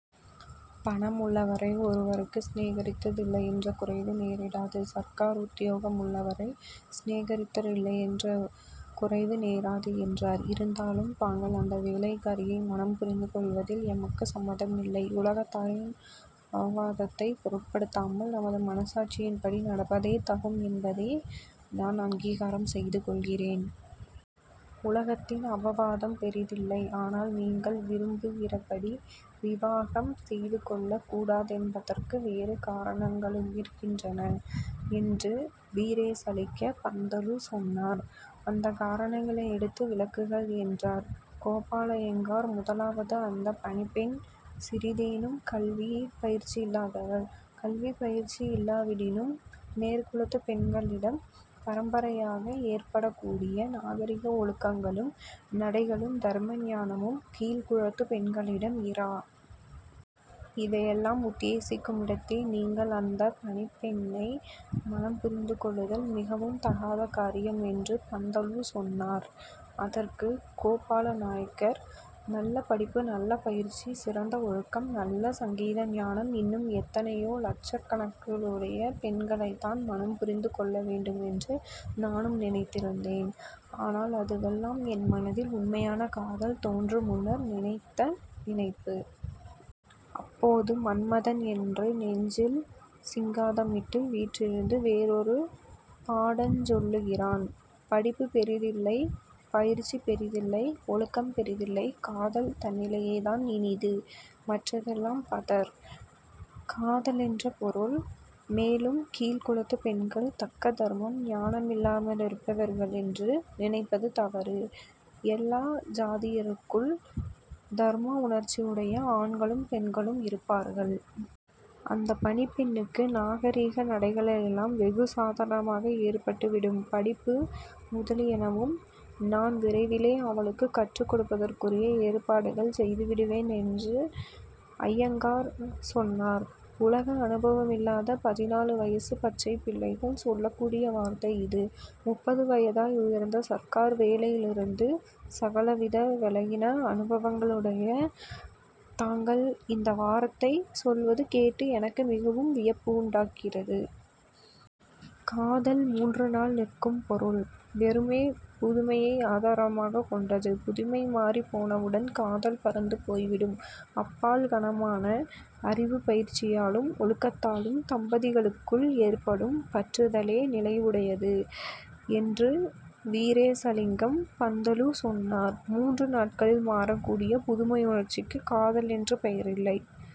பணம் உள்ளவரை ஒருவனுக்கு சிநேகிதரில்லையென்ற குறைவு நேரிடாது. சர்க்கார் உத்தியோக முள்ளவரை சிநேகிதரில்லையென்ற குறைவு நேராது'' என்றார். ''இருந்தாலும் தாங்கள் அந்த வேலைக்காரியை மணம்புரிந்து கொள்வதில் எனக்கு சம்மதில்லை. உலகத்தாரின் அபவாதத்தைப் பொருட்படுத்தாமல் நமது மனச்சாட்சியின்படி நடப்பதே தகும் என்பதே நான் அங்கீகாரம் செய்து கொள்ளுகிறேன். உலகத்தின் அபவாதம் பெரிதில்லை. ஆனால், நீங்கள் விரும்புகிறபடி விவாகம் செய்துகொள்ளக் கூடாதென்பதற்கு வேறு காரணங்களுமிருக்கின்றன'' என்று வீரேசலிங்க பந்துலு சொன்னார். ''அந்தக் காரணங்களையெடுத்து விளக்குங்கள்'' என்றார் கோபாலய்யங்கார். ''முதலாவது, அந்தப் பணிப்பெண் சிறிதேனும் கல்விப்பயிற்சியில்லாதவள். கல்விப் பயிற்சியில்லாவிடினும் மேற்குலத்துப் பெண்களிடம் பரம்பரையாக ஏற்படக்கூடிய நாகரிக ஒழுக்கங்களும் நடைகளும் தர்ம ஞானமும் கீழ்க்குலத்துப் பெண்களிடம் இரா. இதையெல்லாம் உத்தேசிக்குமிடத்தே, நீங்கள் அந்தப் பணிப்பெண்ணை மணம் புரிந்து கொள்ளுதல் மிகவும் தகாத காரியம்'' என்று பந்துலு சொன்னார். அதற்கு கோபாலய்யங்கார்-''நல்ல படிப்பு, நல்ல பயிற்சி, சிறந்த ஒழுக்கம், நல்ல சங்கீத ஞானம் இன்னும் எத்தனையோ லட்சணங்களுடைய பெண்களைத்தான் மணம்புரிந்து கொள்ளவேண்டுமென்று நானும் நினைத்திருந்தேன். ஆனால் அதுவெல்லாம் என் மனதில் உண்மையான காதல் தோன்று முன்னர் நினைத்த நினைப்பு. இப்போது மன்மதன் என் நெஞ்சில் சிங்காதனமிட்டு வீற்றிருந்து வேறொரு பாடஞ் சொல்லுகிறான். படிப்புப் பெரிதில்லை. பயிற்சி பெரிதில்லை. ஒழுக்கம் பெரிதில்லை. காதல் தன்னிலேயேதான் இனிது. மற்றதெல்லாம் பதர். காதல்லென்ற பொருள். மேலும், கீழ்க்குலத்துப் பெண்கள் தக்க தர்ம ஞானமில்லாமலிருப்பார்களென்று நினைப்பது தவறு. எல்லா ஜாதியாருக்குள்ளும் தர்மவுணர்ச்சியுடைய ஆண்களும் பெண்களும் இருப்பார்கள். அந்தப் பணிப்பெண்ணுக்கு நாகரிக நடைகளெல்லாம் வெகு சாதாரணமாக ஏற்பட்டுவிடும். படிப்பு முதலியனவும் நான் விரைவிலே அவளுக்குக் கற்றுக் கொடுப்பதற்குரிய ஏற்பாடுகள் செய்துவிடுவேன்'' என்று அய்யங்கார் சொன்னார். ''உலக அனுபவமில்லாத பதினாலு வயதுப் பச்சைப் பிள்ளைகள் சொல்லக்கூடிய வார்த்தை இது. முப்பது வயதாய், உயர்ந்த சர்க்கார் வேலையிலிருந்து சகலவித லௌகிக அனுபவங்களுமுடைய தாங்கள் இந்த வார்த்தை சொல்வது கேட்டு எனக்கு மிக வியப்புண்டாகிறது. காதல் மூன்று நாள் நிற்கும் பொருள். வெறுமே புதுமையை ஆதாரமாகக் கொண்டது. புதுமை மாறிப் போனவுடன் காதல் பறந்து போய்விடும். அப்பால் கனமான அறிவுப் பயிற்சியாலும் ஒழுக்கத்தாலும் தம்பதிகளுக்குள் ஏற்படும் பற்றுதலே நிலையுடையது'' என்று வீரேசலிங்கம் பந்துலு சொன்னார். ''மூன்று நாட்களில் மாறக்கூடிய புதுமையுணர்ச்சிக்கு காதலென்று பெயரில்லை.